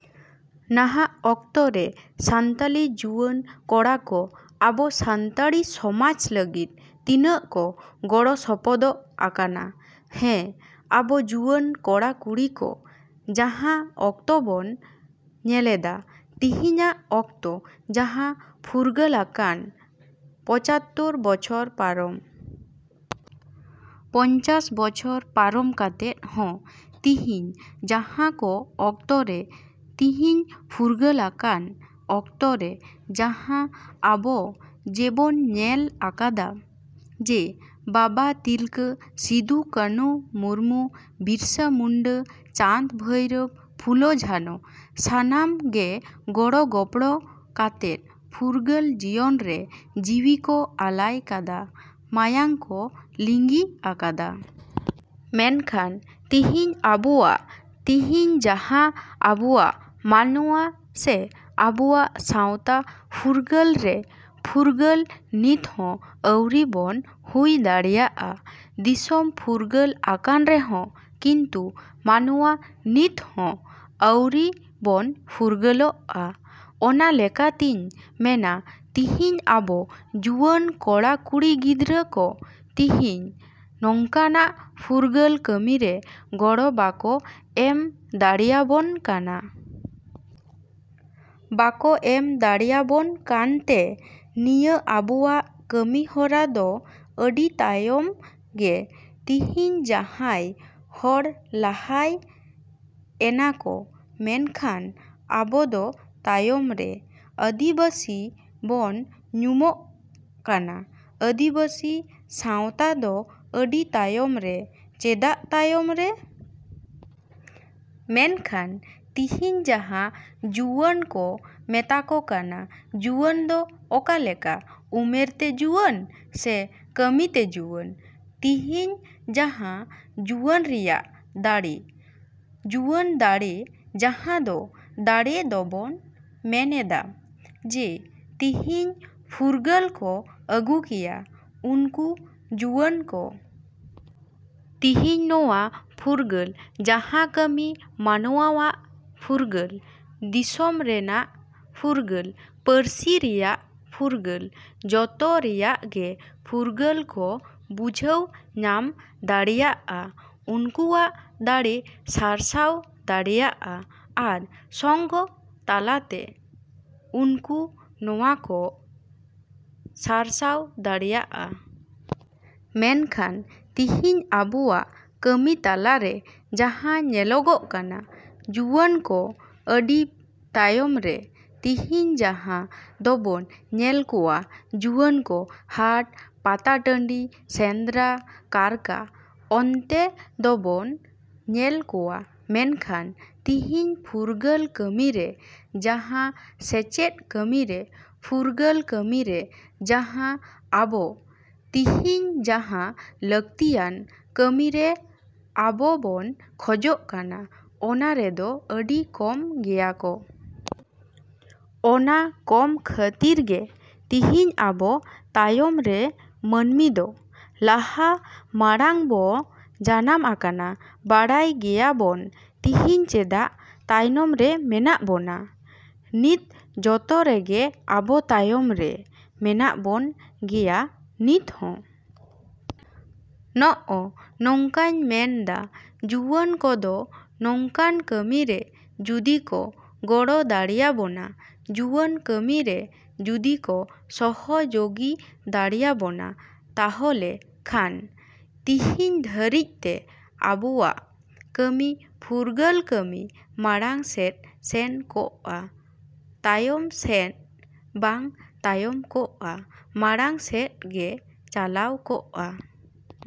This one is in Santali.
‎ᱱᱟᱦᱟᱜ ᱚᱠᱛᱚ ᱨᱮ ᱥᱟᱱᱛᱟᱞᱤ ᱡᱩᱣᱟᱹᱱ ᱠᱚᱲᱟ ᱠᱚ ᱟᱵᱚ ᱥᱟᱱᱛᱟᱲᱤ ᱥᱚᱢᱟᱡᱽ ᱞᱟᱹᱜᱤᱫ ᱛᱤᱱᱟᱹᱜ ᱠᱚ ᱜᱚᱲᱚ ᱥᱚᱯᱚᱦᱚᱫᱚᱜ ᱟᱠᱟᱱᱟ? ᱦᱮᱸ, ᱟᱵᱚ ᱡᱩᱣᱟᱹᱱ ᱠᱚᱲᱟ ᱠᱩᱲᱤ ᱠᱚ ᱡᱟᱦᱟᱸ ᱚᱠᱛᱚ ᱵᱚᱱ ᱧᱮᱞᱮᱫᱟ ᱛᱤᱦᱤᱧᱟᱜ ᱚᱠᱛᱚ ᱡᱟᱦᱟᱸ ᱯᱷᱩᱨᱜᱟᱹᱞᱟᱠᱟᱱ ᱯᱚᱸᱪᱟᱛᱛᱳᱨ ᱵᱚᱪᱷᱚᱨ ᱯᱟᱨᱚᱢ, ᱯᱚᱧᱪᱟᱥ ᱵᱚᱪᱷᱚᱨ ᱯᱟᱨᱚᱢ ᱠᱟᱛᱮᱫ ᱦᱚᱸ ᱛᱤᱦᱤᱧ ᱡᱟᱦᱟᱸ ᱠᱚ ᱚᱠᱛᱚ ᱨᱮ ᱛᱤᱦᱤᱧ ᱯᱷᱩᱨᱜᱟᱹᱞᱟᱠᱟᱱ ᱚᱠᱛᱚ ᱨᱮ ᱡᱟᱦᱟᱸ ᱟᱵᱚ ᱡᱮᱵᱚᱱ ᱧᱮᱞᱟᱠᱟᱫᱟ ᱡᱮ, ᱵᱟᱵᱟ ᱛᱤᱞᱠᱟᱹ, ᱥᱤᱫᱩ ᱠᱟᱱᱩ ᱢᱩᱨᱢᱩ, ᱵᱤᱨᱥᱟᱹ ᱢᱩᱱᱰᱟᱹ, ᱪᱟᱸᱫ ᱵᱷᱟᱭᱨᱳ, ᱯᱷᱩᱞᱳ ᱡᱷᱟᱱᱳ, ᱥᱟᱱᱟᱢ ᱜᱮ ᱜᱚᱲᱚᱜᱚᱯᱚᱲᱚ ᱠᱟᱛᱮ ᱯᱷᱩᱨᱜᱟᱹᱞ ᱡᱤᱭᱚᱱ ᱨᱮ ᱡᱤᱣᱤ ᱠᱚ ᱟᱞᱟᱭ ᱠᱟᱫᱟ, ᱢᱟᱭᱟᱝ ᱠᱚ ᱞᱤᱸᱜᱤ ᱟᱠᱟᱫᱟ᱾ ᱢᱮᱱᱠᱷᱟᱱ ᱛᱤᱦᱤᱧ ᱟᱵᱚᱣᱟᱜ, ᱛᱤᱦᱤᱧ ᱡᱟᱦᱟᱸ ᱟᱵᱚᱣᱟᱜ ᱢᱟᱱᱣᱟ ᱥᱮ ᱟᱵᱚᱣᱟᱜ ᱥᱟᱶᱛᱟ ᱯᱷᱩᱨᱜᱟᱹᱞ ᱨᱮ ᱯᱷᱩᱨᱜᱟᱹᱞ ᱱᱤᱛ ᱦᱚᱸ ᱟᱹᱣᱨᱤ ᱵᱚᱱ ᱦᱩᱭ ᱫᱟᱲᱮᱭᱟᱜᱼᱟ᱾ ᱫᱤᱥᱚᱢ ᱯᱷᱩᱨᱜᱟᱹᱞ ᱟᱠᱟᱱ ᱨᱮᱦᱚᱸ ᱠᱤᱱᱛᱩ ᱢᱟᱱᱣᱟ ᱱᱤᱛ ᱦᱚᱸ ᱟᱣᱨᱤ ᱵᱚᱱ ᱯᱷᱩᱨᱜᱟᱹᱞᱚᱜᱼᱟ᱾ ᱚᱱᱟ ᱞᱮᱠᱟᱛᱤᱧ ᱢᱮᱱᱟ ᱛᱤᱦᱤᱧ ᱟᱵᱚ ᱡᱩᱣᱟᱹᱱ ᱠᱚᱲᱟ ᱠᱩᱲᱤ ᱜᱤᱫᱽᱨᱟᱹ ᱠᱚ ᱛᱤᱦᱤᱧ ᱱᱚᱝᱠᱟᱱᱟᱜ ᱯᱷᱩᱨᱜᱟᱹᱞ ᱠᱟᱹᱢᱤ ᱨᱮ ᱜᱚᱲᱚ ᱵᱟᱠᱚ ᱮᱢ ᱫᱟᱲᱮᱭᱟᱵᱚᱱ ᱠᱟᱱᱟ᱾ ᱵᱟᱠᱚ ᱮᱢ ᱫᱟᱲᱮᱭᱟᱵᱚᱱ ᱠᱟᱱᱛᱮ ᱱᱤᱭᱟᱹ ᱟᱵᱚᱣᱟᱜ ᱠᱟᱹᱢᱤᱦᱚᱨᱟ ᱫᱚ ᱟᱹᱰᱤ ᱛᱟᱭᱚᱢ ᱜᱮ᱾ ᱛᱤᱦᱤᱧ ᱡᱟᱦᱟᱸᱭ ᱦᱚᱲ ᱞᱟᱦᱟᱭ ᱮᱱᱟᱠᱚ ᱢᱮᱱᱠᱟᱷᱟᱱ ᱟᱵᱚ ᱫᱚ ᱛᱟᱭᱚᱢ ᱨᱮ᱾ ᱟᱹᱫᱤᱵᱟᱹᱥᱤ ᱵᱚᱱ ᱧᱩᱢᱩᱜ ᱠᱟᱱᱟ, ᱟᱹᱫᱤᱵᱟᱹᱥᱤ ᱥᱟᱶᱛᱟ ᱫᱚ ᱟᱹᱰᱤ ᱛᱟᱭᱚᱢ ᱨᱮ᱾ ᱪᱮᱫᱟᱜ ᱛᱟᱭᱚᱢ ᱨᱮ? ᱢᱮᱱᱠᱷᱟᱱ ᱛᱤᱦᱤᱧ ᱡᱟᱦᱟᱸ ᱡᱩᱣᱟᱹᱱ ᱠᱚ ᱢᱮᱛᱟ ᱠᱚ ᱠᱟᱱᱟ, ᱡᱩᱣᱟᱹᱱ ᱫᱚ ᱚᱠᱟᱞᱮᱠᱟ, ᱩᱢᱮᱨ ᱛᱮ ᱡᱩᱣᱟᱹᱱ ᱥᱮ ᱠᱟᱹᱢᱤ ᱛᱮ ᱡᱩᱣᱟᱹᱱ? ᱛᱤᱦᱤᱧ ᱡᱟᱦᱟᱸ ᱡᱩᱣᱟᱹᱱ ᱨᱮᱭᱟᱜ ᱫᱟᱲᱮ, ᱡᱩᱣᱟᱹᱱ ᱫᱟᱲᱮ ᱡᱟᱦᱟᱸ ᱫᱚ ᱫᱟᱲᱮ ᱫᱚᱵᱚᱱ ᱢᱮᱱᱮᱫᱟ᱾ ᱡᱮ, ᱛᱤᱦᱤᱧ ᱯᱷᱩᱨᱜᱟᱹᱞ ᱠᱚ ᱟᱹᱜᱩ ᱠᱮᱭᱟ ᱱᱩᱠᱩ ᱡᱩᱣᱟᱹᱱ ᱠᱚ᱾ ᱛᱤᱦᱤᱧ ᱱᱚᱣᱟ ᱯᱷᱩᱨᱜᱟᱹᱞ ᱡᱟᱦᱟᱸ ᱠᱟᱹᱢᱤ ᱢᱟᱱᱣᱟᱣᱟᱜ ᱯᱷᱩᱨᱜᱟᱹᱞ, ᱫᱤᱥᱚᱢ ᱨᱮᱱᱟᱜ ᱯᱷᱩᱨᱜᱟᱹᱞ, ᱯᱟᱹᱨᱥᱤ ᱨᱮᱭᱟᱜ ᱯᱷᱩᱨᱜᱟᱹᱞ, ᱡᱚᱛᱚ ᱨᱮᱭᱟᱜ ᱜᱮ ᱯᱷᱩᱨᱜᱟᱹᱞ ᱠᱚ ᱵᱩᱡᱷᱟᱹᱣ ᱧᱟᱢ ᱫᱟᱲᱮᱭᱟᱜᱼᱟ᱾ ᱩᱝᱠᱩᱣᱟᱜ ᱫᱟᱲᱮ ᱥᱟᱨᱥᱟᱣ ᱫᱟᱲᱮᱭᱟᱜᱼᱟ᱾ ᱟᱨ ᱥᱚᱝᱜᱽ ᱛᱟᱞᱟᱛᱮ ᱱᱩᱠᱩ ᱱᱚᱣᱟ ᱠᱚ ᱥᱟᱨᱥᱟᱣ ᱫᱟᱲᱮᱭᱟᱜᱼᱟ᱾ ᱢᱮᱱᱠᱷᱟᱱ ᱛᱤᱦᱤᱧ ᱟᱵᱚᱣᱟᱜ ᱠᱟᱹᱢᱤ ᱛᱟᱞᱟ ᱨᱮ ᱡᱟᱦᱟᱸ ᱧᱮᱞᱚᱜᱚᱜ ᱠᱟᱱᱟ ᱡᱩᱣᱟᱹᱱ ᱠᱚ ᱟᱹᱰᱤ ᱛᱟᱭᱚᱢ ᱨᱮ ᱛᱤᱦᱤᱧ ᱡᱟᱦᱟᱸ ᱫᱚᱵᱚᱱ ᱧᱮᱞ ᱠᱚᱣᱟ ᱡᱩᱣᱟᱹᱱ ᱠᱚ ᱦᱟᱴ, ᱯᱟᱛᱟ ᱴᱟᱺᱰᱤ, ᱥᱮᱸᱫᱽᱨᱟ, ᱠᱟᱨᱠᱟ ᱚᱱᱛᱮ ᱫᱚᱵᱚᱱ ᱧᱮᱞ ᱠᱚᱣᱟ ᱢᱮᱱᱠᱷᱟᱱ ᱛᱤᱦᱤᱧ ᱯᱷᱩᱨᱜᱟᱹᱞ ᱠᱟᱹᱢᱤ ᱨᱮ ᱡᱟᱦᱟᱸ ᱥᱮᱪᱮᱫ ᱠᱟᱹᱢᱤ ᱨᱮ ᱯᱷᱩᱨᱜᱟᱹᱞ ᱠᱟᱹᱢᱤ ᱨᱮ ᱡᱟᱦᱟᱸ ᱟᱵᱚ ᱛᱤᱦᱤᱧ ᱡᱟᱦᱟᱸ ᱞᱟᱹᱠᱛᱤᱭᱟᱱ ᱠᱟᱹᱢᱤ ᱨᱮ ᱟᱵᱚ ᱵᱚᱱ ᱠᱷᱚᱡᱚᱜ ᱠᱟᱱᱟ, ᱚᱱᱟ ᱨᱮᱫᱚ ᱟᱹᱰᱤ ᱠᱚᱢ ᱜᱮᱭᱟ ᱠᱚ᱾ ᱚᱱᱟ ᱠᱚᱢ ᱠᱷᱟᱹᱛᱤᱨ ᱜᱮ ᱛᱤᱦᱤᱧ ᱟᱵᱚ ᱛᱟᱭᱚᱢ ᱨᱮ ᱢᱟ.ᱱᱢᱤ ᱫᱚ ᱞᱟᱦᱟ ᱢᱟᱲᱟᱝ ᱵᱚ ᱡᱟᱱᱟᱢ ᱟᱠᱟᱱᱟ ᱵᱟᱲᱟᱭ ᱜᱮᱭᱟ ᱵᱚᱱ ᱛᱤᱦᱤᱧ ᱪᱮᱫᱟᱜ ᱛᱟᱭᱚᱢ ᱨᱮ ᱢᱮᱱᱟᱜ ᱵᱚᱱᱟ? ᱱᱤᱛ ᱡᱚᱛᱚ ᱨᱮᱜᱮ ᱟᱵᱚ ᱛᱟᱭᱚᱢ ᱨᱮ ᱢᱮᱱᱟᱜ ᱵᱚᱱ ᱜᱮᱭᱟ ᱱᱤᱛ ᱦᱚ᱾ ᱱᱚᱜᱼᱚ ᱱᱚᱝᱠᱟᱧ ᱢᱮᱱᱮᱫᱟ ᱡᱩᱣᱟᱹᱱ ᱠᱚᱫᱚ ᱱᱚᱝᱠᱟᱱ ᱠᱟᱹᱢᱤ ᱨᱮ ᱡᱩᱫᱤ ᱠᱚ ᱜᱚᱲᱚ ᱫᱟᱲᱮᱭᱟᱵᱚᱱᱟ ᱡᱩᱣᱟᱹᱱ ᱠᱟᱹᱢᱤ ᱨᱮ ᱡᱩᱫᱤ ᱠᱚ ᱥᱚᱦᱚᱡᱳᱜᱤ ᱫᱟᱲᱮᱭᱟᱵᱚᱱᱟ, ᱛᱟᱦᱚᱞᱮ ᱠᱷᱟᱱ ᱛᱤᱦᱤᱧ ᱫᱷᱟᱹᱨᱤᱡ ᱛᱮ ᱟᱵᱚᱣᱟᱜ ᱠᱟᱹᱢᱤ ᱯᱷᱩᱨᱜᱟᱹᱞ ᱠᱟᱹᱢᱤ ᱢᱟᱲᱟᱝ ᱥᱮᱫ ᱥᱮᱱ ᱠᱚᱜ ᱟ ᱛᱟᱭᱚᱢ ᱥᱮᱫ ᱵᱟᱝ ᱛᱟᱭᱚᱢ ᱠᱚᱜᱼᱟ, ᱢᱟᱲᱟᱝ ᱥᱮᱫ ᱜᱮ ᱪᱟᱞᱟᱣ ᱠᱚᱜᱼᱟ᱾